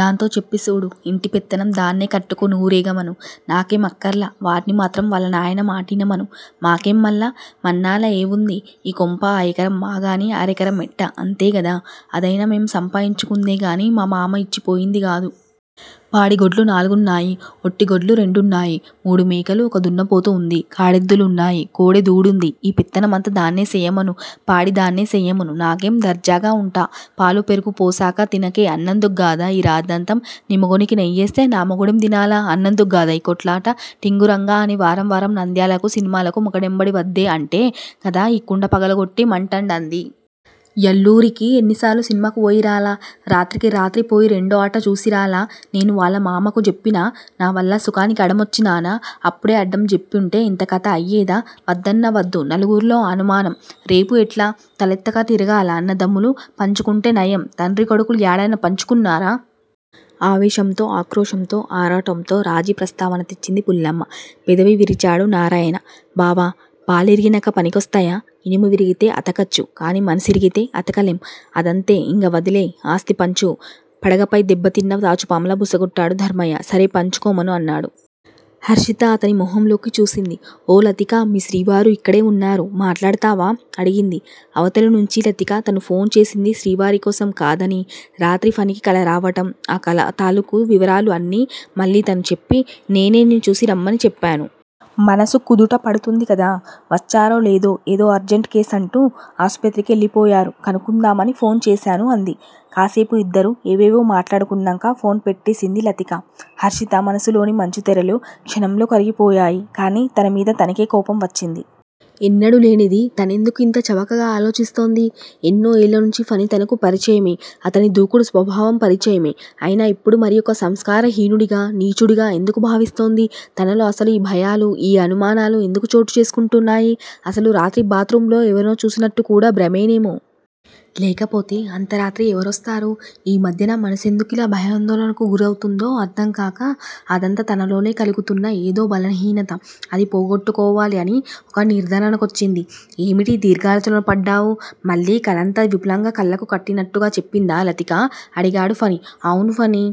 దాంతో చెప్పి సూడు. ఇంటి పెత్తనం దాన్నే కట్టుకునూరేగమను! నాకేం అక్కర్లా వాడ్ని మాత్రం వాళ్ళ నాయన మాటినమను! మాకేం మల్లా? మాన్నాలా ఏ వుంది! ఈ కొంప ఆ ఎకరం మాగాని అరెకరం మెట్ట అంతే గదా అదయినా మేం సంపాయిచ్చుకుందే గానీ మా మావిచ్చి పోయింది గాదు! పాడి గొడ్లు నాలుగున్నాయి. ఒట్టి గొడ్లు రెండున్నాయి! మూడు మేకలు. ఒక దున్నపోతు వుంది. కాడెద్దులున్నాయి కోడెదూడుంది! ఈ పెత్తనం మంతా దాన్నే సేయ్యమను పాడి దాన్నే సేయ్యమను. నాకేం దర్జాగా వుంటా. పాలు పెరుగు పోసక తినకే అన్నందుగ్గదా యీ రాద్దాంతం! నీ మొగునికి నెయ్యేస్తే నా మొగుడేం దినాల అన్నదుగ్గాదా యీ కొట్లాట టింగురంగ అని వారం వారం నంద్యాలకు సినిమాలకు మొగ నెంబడి వద్దే అంటే గదా కుండ పగలగొట్ట మంటండది! యాల్లూరికి ఎన్ని సార్లు సినిమాకు బొయ్యిరాలా రాత్రి రాత్రికి పోయి రెండో అట జూసిరాలా? నేను వాల్ల మామకు జెప్పినా నావాల్ల సుకానికి అడమోచ్చినానా? అప్పుడే అడ్డం జెప్పింటే యింత కత అయ్యేదా? వద్దన్నా వద్దు నలుగుర్లో అవమానం రేపు ఎట్టా తలెత్తక తిరగాలా అన్నదమ్ములు పంచుకుంటే నయం తండ్రి కొడుకులు యాడనైనా పంచుకున్నారా? ఆవేశంతో, ఆక్రోశంతో, ఆరాటంతో రాజీ ప్రస్తావన తెచ్చింది పుల్లమ్మ. పెదవి విరిచాడు నారాయణ 'బావా! పాలిరిగినక పనికోస్తయ్యా! ఇనుమిరిగితే అతకొచ్చు. కానీ మనసిరిగితే అతకలెం! అదంతే! యింగ వదిలేయ్! ఆస్థి పంచు. పడగపై దెబ్బ తిన్న తాచుపాములా బుస కొట్టాడు ధర్మయ్య. సరే పంచుకోమను! అన్నాడు. హర్షిత అతని మొహంలోకి చూసింది? ఓ లతికా! మీ శ్రీవారు ఇక్కడే వున్నారు. మాట్లాడతావా? అడిగింది. అవతలినుంచి లతిక తను ఫోన్ చేసింది శ్రీవారి కోసం కాదనీ, రాత్రి ఫణికి కల రావడం, ఆ కల తాలూకు వివరాలూ అన్నీ మళ్ళీ తనూ చెప్పి, నేనే నిన్ను చూసి రమ్మని చెప్పాను. మనసు కుదుట పడుతుంది కదా! వచ్చారో లేదో ఏదో అర్జంటు కేసు అంటూ ఆసుపత్రికెళ్ళిపోయారో కనుక్కుందామని ఫోన్ చేశాను అంది. కాసేపు ఇద్దరూ ఏవేవో మాట్లాడుకున్నాక ఫోన్ పెట్టేసింది లతిక. హర్షిత మనసులోని మంచుతెరలు క్షణంలో కరిగిపోయాయి. కానీ తన మీద తనకే కోపం వచ్చింది. ఎన్నడూ లేనిది తనెందుకు ఇంత చవకగా ఆలోచిస్తోంది? ఎన్నో ఏళ్ళనుంచి ఫణి తనకు పరిచయమే. అతని దుడుకు స్వభావం పరిచయమే! అయినా ఇప్పుడు మరీ ఒక సంస్కారహీనుడిగా, నీచుడిగా ఎందుకు భావిస్తోంది? తనలో అసలు ఈ భయాలూ, ఈ అనుమానాలూ ఎందుకు చోటుచేసుకుంటున్నాయ్? అసలు రాత్రి బాత్ రూంలో ఎవరినో చూసినట్టు కూడా భ్రమేనేమో? లేకపోతే అంత రాత్రి ఎవరొస్తారు? ఈ మధ్యన మనసెందుకిలా భయాందోళనలకు గురవుతూందో అర్ధంగాక అదంతా తనలోనే కలుగుతూన్న ఏదో బలహీనత, అది పోగొట్టుకోవాలి అని ఒక నిర్ధారణకొచ్చింది. ఏమిటి దీర్ఘాలోచనలో పడ్డావ్? మళ్ళీ కలంతా విపులంగా కళ్ళకు కట్టినట్టుగా చెప్పిందా లతిక? అడిగాడు ఫణి. అవును ఫణీ!